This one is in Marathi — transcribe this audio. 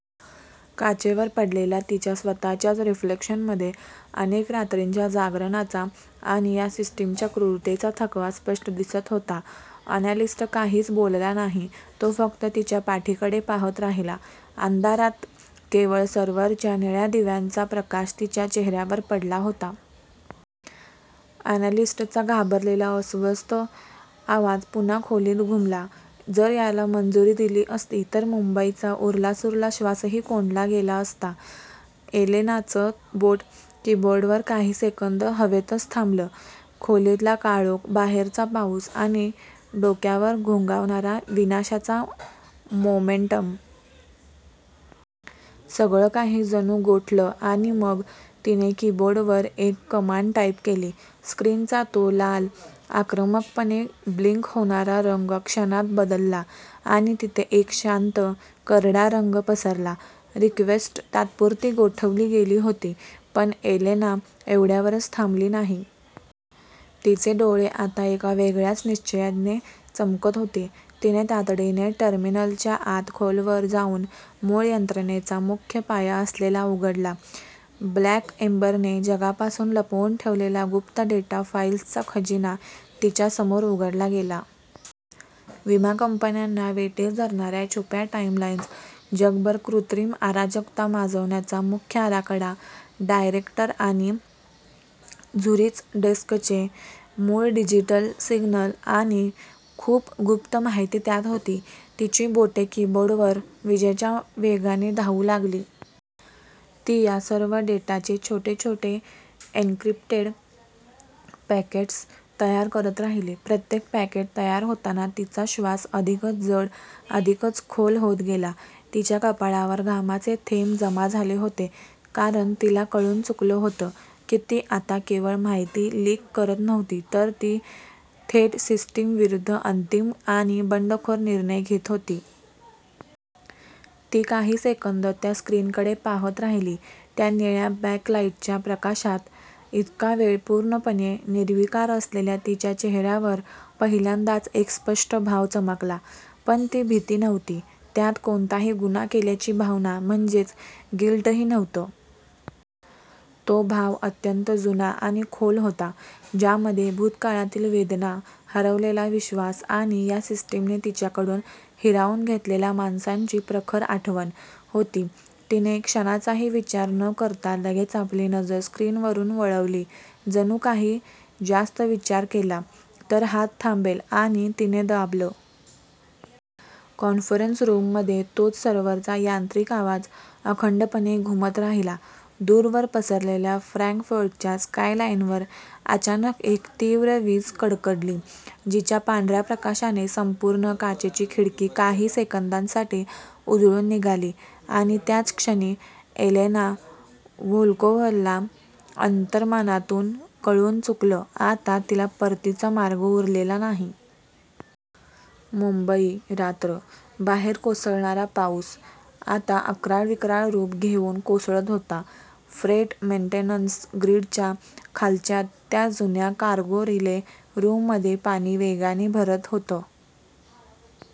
काचेवर पडलेल्या तिच्या स्वतःच्याच रिफ्लेक्शनमध्ये अनेक रात्रींच्या जागरणाचा आणि या सिस्टीमच्या क्रूरतेचा थकवा स्पष्ट दिसत होता. अनॅलिस्ट काहीच बोलला नाही, तो फक्त तिच्या पाठीकडे पाहत राहिला. अंधारात केवळ सर्व्हरच्या निळ्या दिव्यांचा प्रकाश तिच्या चेहऱ्यावर पडला होता. अनॅलिस्टचा घाबरलेला, अस्वस्थ आवाज पुन्हा खोलीत घुमला, जर याला मंजुरी दिली असती, तर मुंबईचा उरलासुरला श्वासही कोंडला गेला असता. एलेनाचं बोट कीबोर्डवर काही सेकंद हवेतच थांबलं. खोलीतला काळोख, बाहेरचा पाऊस आणि डोक्यावर घोंघावणारा विनाशाचा मोमेंटम. सगळं काही जणू गोठलं आणि मग, तिने कीबोर्डवर एक कमांड टाईप केली. स्क्रीनचा तो लाल, आक्रमकपणे ब्लिंक होणारा रंग क्षणात बदलला आणि तिथे एक शांत, करडा रंग पसरला. रिक्वेस्ट तात्पुरती गोठवली गेली होती, पण एलेना एवढ्यावरच थांबली नाही. तिचे डोळे आता एका वेगळ्याच निश्चयाने चमकत होते. तिने तातडीने टर्मिनलच्या आत खोलवर जाऊन मूळ यंत्रणेचा मुख्य पाया असलेला उघडला. 'ब्लॅक एम्बर'ने जगापासून लपवून ठेवलेला गुप्त डेटा फाईल्सचा खजिना तिच्या समोर उघडला गेला. विमा कंपन्यांना वेठीस धरणाऱ्या छुप्या टाईम लाईन्स, जगभर कृत्रिम अराजकता माजवण्याचा मुख्य आराखडा, डायरेक्टर आणि झुरिच डेस्कचे मूळ डिजिटल सिग्नल्स अशी खूप गुप्त माहिती त्यात होती. तिची बोटे कीबोर्डवर विजेच्या वेगाने धावू लागली. ती या सर्व डेटाचे छोटे छोटे एन्क्रिप्टेड पैकेट्स तयार करत राहिली. प्रत्येक पॅकेट तयार होताना तिचा श्वास अधिकच जड, अधिकच खोल होत गेला. तिच्या कपाळावर घामाचे थेंब जमा झाले होते. कारण, तिला कळून चुकलं होतं की ती आता केवळ माहिती लीक करत नव्हती तर ती थेट सिस्टीम विरुद्ध अंतिम आणि बंडखोर निर्णय घेत होती. ती काही सेकंद त्या स्क्रीनकडे पाहत राहिली. त्या निळ्या बॅकलाईटच्या प्रकाशात, इतका वेळ पूर्णपणे निर्विकार असलेल्या तिच्या चेहऱ्यावर पहिल्यांदाच एक स्पष्ट भाव चमकला. पण ती भीती नव्हती. त्यात कोणताही गुन्हा केल्याची भावना, म्हणजेच गिल्टही नव्हतं. तो भाव अत्यंत जुना आणि खोल होता ज्यामध्ये भूतकाळातील वेदना, हरवलेला विश्वास आणि या सिस्टीमने तिच्याकडून हिरावून घेतलेल्या माणसांची प्रखर आठवण होती. तिने क्षणाचाही विचार न करता लगेच आपली नजर स्क्रीनवरून वळवली जणू काही जास्त विचार केला, तर हात थांबेल आणि तिने दाबलं. कॉन्फरन्स रूममध्ये तोच सर्व्हरचा यांत्रिक आवाज अखंडपणे घुमत राहिला. दूरवर पसरलेल्या फ्रँकफर्टच्या स्कायलाईनवर अचानक एक तीव्र वीज कडकडली, जिच्या पांढऱ्या प्रकाशाने संपूर्ण काचेची खिडकी काही सेकंदांसाठी उजळून निघाली आणि त्याच क्षणी, एलेना व्होल्कोव्हला अंतर्मनातून कळून चुकलं आता तिला परतीचा मार्ग उरलेला नाही. मुंबई, रात्र. बाहेर कोसळणारा पाऊस आता अक्राळविक्राळ रूप घेऊन कोसळत होता. फ्रेट मेन्टेनन्स ग्रीडच्या खालच्या त्या जुन्या कार्गो रिले रूममध्ये पाणी वेगाने भरत होतं.